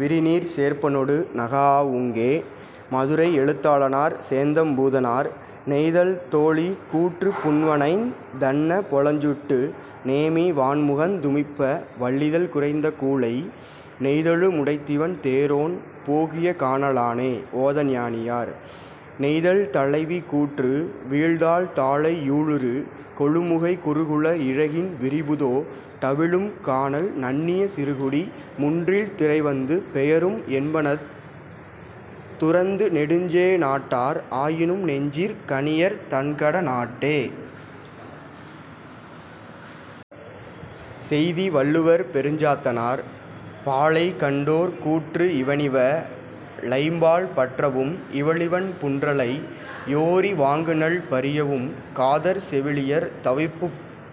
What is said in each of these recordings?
விரிநீர்ச் சேர்ப்பனொடு நகாஅ வூங்கே. -மதுரை எழுத்தாளனார் சேந்தம்பூதனார்.. நெய்தல் தோழி கூற்று பூண்வனைந் தன்ன பொலஞ்சூட்டு நேமி வாண்முகந் துமிப்ப வள்ளிதழ் குறைந்த கூழை நெய்தலு முடைத்திவண் தேரோன் போகிய கான லானே. -ஓதஞானியார்.. நெய்தல் தலைவி கூற்று வீழ்தாழ் தாழை யூழுறு கொழுமுகை குருகுளர் இறகின் விரிபுதோ டவிழும் கானல் நண்ணிய சிறுகுடி முன்றில் திரைவந்து பெயரும் என்பநத் துறந்து நெடுஞ்சே ணாட்டார் ஆயினும் நெஞ்சிற் கணியர் தண்கட னாட்டே. -செய்தி வள்ளுவர் பெருஞ்சாத்தனார்.. பாலை கண்டோர் கூற்று இவனிவ ளைம்பால் பற்றவும் இவளிவன் புன்றலை யோரி வாங்குநள் பரியவும் காதற் செவிலியர்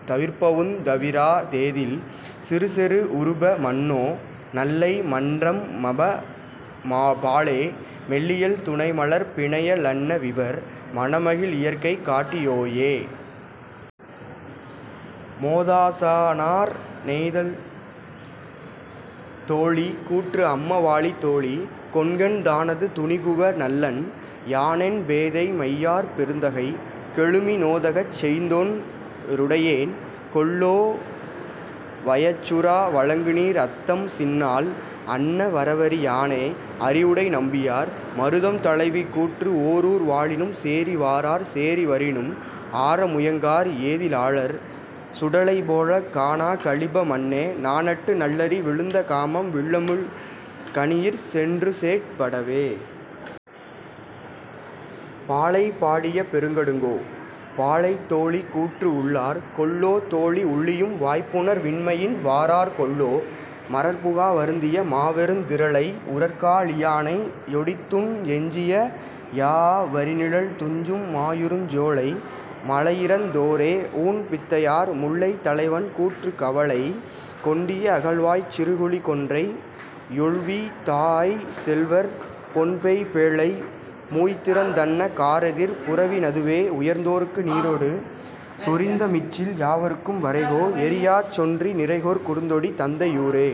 தவிர்ப்பவுந் தவிரா தேதில் சிறுசெரு வுறுப மன்னோ நல்லைமன் றம்ம பாலே மெல்லியல் துணைமலர்ப் பிணைய லன்னவிவர் மணமகிழ் இயற்கை காட்டி யோயே. -மோதாசானார்.. நெய்தல் தோழி கூற்று அம்ம வாழி தோழி கொண்கன் தானது துணிகுவ னல்லன் யானென் பேதை மையாற் பெருந்தகை கெழுமி நோதகச் செய்ததொன் றுடையேன் கொல்லோ வயச்சுறா வழங்குநீர் அத்தம் சின்னாள் அன்ன வரவறி யானே. -அறிவுடை நம்பியார்.. மருதம் தலைவி கூற்று ஓரூர் வாழினும் சேரி வாரார் சேரி வரினும் ஆர முயங்கார் ஏதி லாளர் சுடலை போலக் காணாக் கழிப மன்னே நாணட்டு நல்லறி விழுந்த காமம் வில்லுமிழ் கணியிற் சென்றுசேட் படவே. -பாலைபாடிய பெருங்கடுங்கோ.. பாலை தோழி கூற்று உள்ளார் கொல்லோ தோழி உள்ளியும் வாய்ப்புணர் வின்மையின் வாரார் கொல்லோ மரற்புகா வருந்திய மாவெருத் திரலை உரற்கா லியானை யொடித்துண் டெஞ்சிய யாஅ வரிநிழல் துஞ்சும் மாயிருஞ் சோலை மலையிறந் தோரே. -ஊண் பித்தையார்.. முல்லை தலைவன் கூற்று கவலை கொண்டிய அகல்வாய்ச் சிறுகுழி கொன்றை யொள்வீ தாஅய்ச் செல்வர் பொன்பெய் பேழை மூய்திறந் தன்ன காரெதிர் புறவி னதுவே உயர்ந்தோர்க்கு நீரொடு சொரிந்த மிச்சில் யாவர்க்கும் வரைகோ ளறியாச் சொன்றி நிரைகோற் குறுந்தொடி தந்தை யூரே!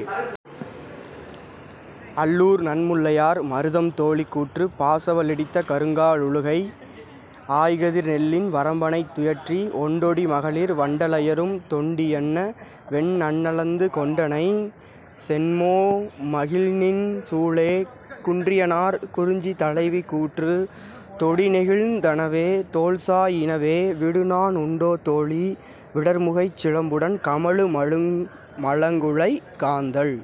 -அள்ளூர் நன்முல்லையார்.. மருதம் தோழி கூற்று பாசவ லிடித்த கருங்கா ழுலக்கை ஆய்கதிர் நெல்லின் வரம்பணைத் துயிற்றி ஒண்டொடி மகளிர் வண்ட லயரும் தொண்டி யன்னவென் நலந்தந்து கொண்டனை சென்மோ மகிழ்நின் சூளே. -குன்றியனார்.. குறிஞ்சி தலைவி கூற்று தொடிநெகிழ்ந் தனவே தோள்சா யினவே விடுநாண் உண்டோ தோழி விடர்முகைச் சிலம்புடன் கமழு மலங்குகுலைக் காந்தள்